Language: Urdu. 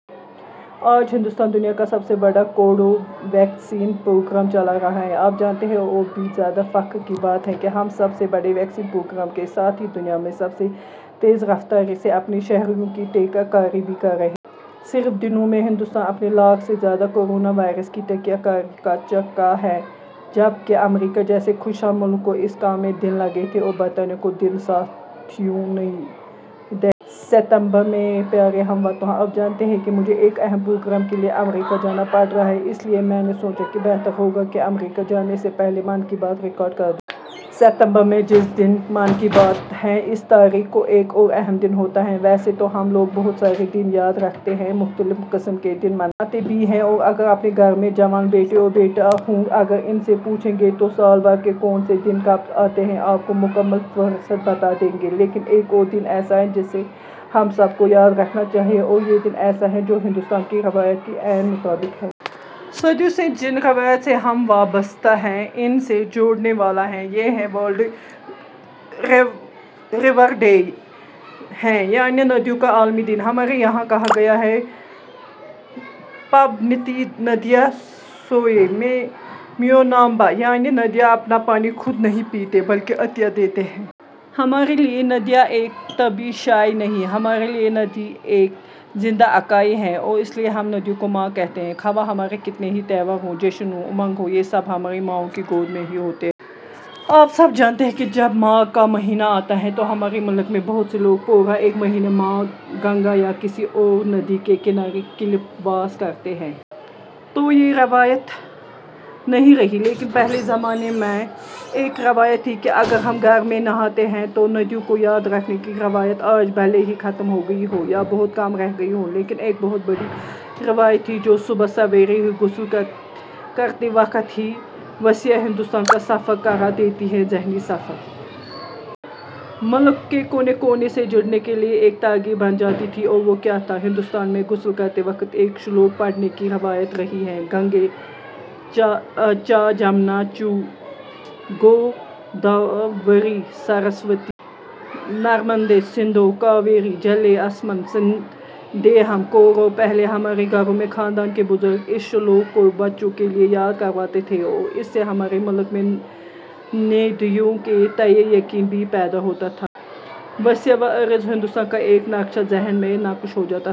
آج ہندوستان دنیا کا سب سے بڑاکووڈ ویکسین پروگرام چلا رہا ہے۔ آپ جانتے ہیں، اور بھی زیادہ فخر کی بات کیا ہے ؟ ہم سب سے بڑے ویکسین پروگرام کے ساتھ ہی دنیا میں سب سے تیز رفتاری سے اپنے شہریوں کی ٹیکہ کاری بھی کر رہے ہیں۔ صرف دنوں میں، ہندوستان ، اپنے لاکھ سے زیادہ، کورونا واریرس کی ٹیکہ کاری کر چکا ہے، جبکہ، امریکہ جیسے خوشحال ملک کو، اسی کام میں، دن لگے تھے اور برطانیہ کو دن۔ ساتھیو! نئی دہلی۔ ستمبر میرے پیارے ہم وطنو! آپ جانتے ہیں کہ مجھے ایک اہم پروگرام کے لیے امریکہ جانا پڑ رہا ہے اس لیے میں نے سوچا کہ بہتر ہوگا کہ امریکہ جانے سے پہلے 'من کی بات' ریکارڈ کردوں ۔ ستمبر میں جس دن 'من کی بات' ہے اسی تاریخ کو ایک اور اہم دن ہوتا ہے۔ ویسے تو ہم لوگ بہت سارے دن یاد رکحتے ہیں ، مختلف قسم کے دن مناتے بھی ہیں ، اور اگر اپنے گھر میں جوان بیٹے اور بیٹیاں ہوں ، اگر ان سے پوچھیں گے تو سال بھر کے کون سے دن کب آتے ہیں ، آپ کو مکمل فہرست بتادیں گے ، لیکن ایک اور دن ایسا ہے جسے ہم سب کو یاد رکھنا چاہیے اور یہ دن ایسا ہے جو ہندوستان کی روایات کے عین مطابق ہے۔ صدیوں سے جن روایات سے ہم وابستہ ہیں ان سے جوڑنے والا ہے ۔ یہ ہے 'ورلڈ ریور ڈے' ہے یعنی 'ندیوں کا عالمی دن '۔ ہمارے یہاں کہا گیا ہے – "پبنتی ندیہ ، سوے – میو نامبہ: یعنی ندیاں اپنا پانی خود نہیں پیتیں ، بلکہ عطیہ دیتی ہیں۔ ہمارے لیے ندیاں ایک طبعی شئے نہیں ہے، ہمارے لیے ندی ایک زندہ اکائی ہے اور اسی لیے ہم ندیوں کو ماں کہتے ہیں۔ خواہ ہمارے کتنے ہی تہوار ہوں ، جشن ہو، امنگ ہو، یہ سب ہماری ماؤں کی گود میں ہی ہوتے ہیں۔ آپ سب جانتے ہیں کہ جب ماگھ کا مہینہ آتا ہے تو ہمارے ملک میں بہت سے لوگ پورا ایک مہینہ ماں گنگا یا کسی اورندی کے کنارے کلپ واس کرتے ہیں۔ اب تو یہ روایت نہیں رہی ، لیکن پہلے زمانے میں ایک روایت تھی کہ اگر ہم گھر میں نہاتے ہیں تو ندیوں کو یاد رکھنے کی روایت آج بھلے ہی ختم ہو گئی ہو یا بہت کم رہ گئی ہو لیکن ایک بہت بڑی روایت تھی جو صبح سویرے ہی غسل کرتے وقت ہی وسیع ہندوستان کا سفر کرا دیتی تھی ، ذہنی سفر! ملک کے کونے کونے سے جڑنے کے لیے ایک ترغیب بن جاتی تھی۔ اور وہ کیا تھا ، ہندوستان میں غسل کرتے وقت ایک شلوک پڑھنے کی روایت رہی ہے– گنگے چا جمنا چیو گوداوری سرسوتی۔ نرمدے سندھو کاویری جلے اسمن سنیدھم کورو پہلے ہمارے گھروں میں خاندان کے بزرگ اس شلوک کو بچوں کے لیے یاد کرواتے تھے اور اس سے ہمارے ملک میں نیدیوں کے تئیں یقین بھی پیدا ہوتا تھا۔ وسیع و عریض ہندوستان کا ایک نقشہ ذہن میں نقش ہوجاتا تھا۔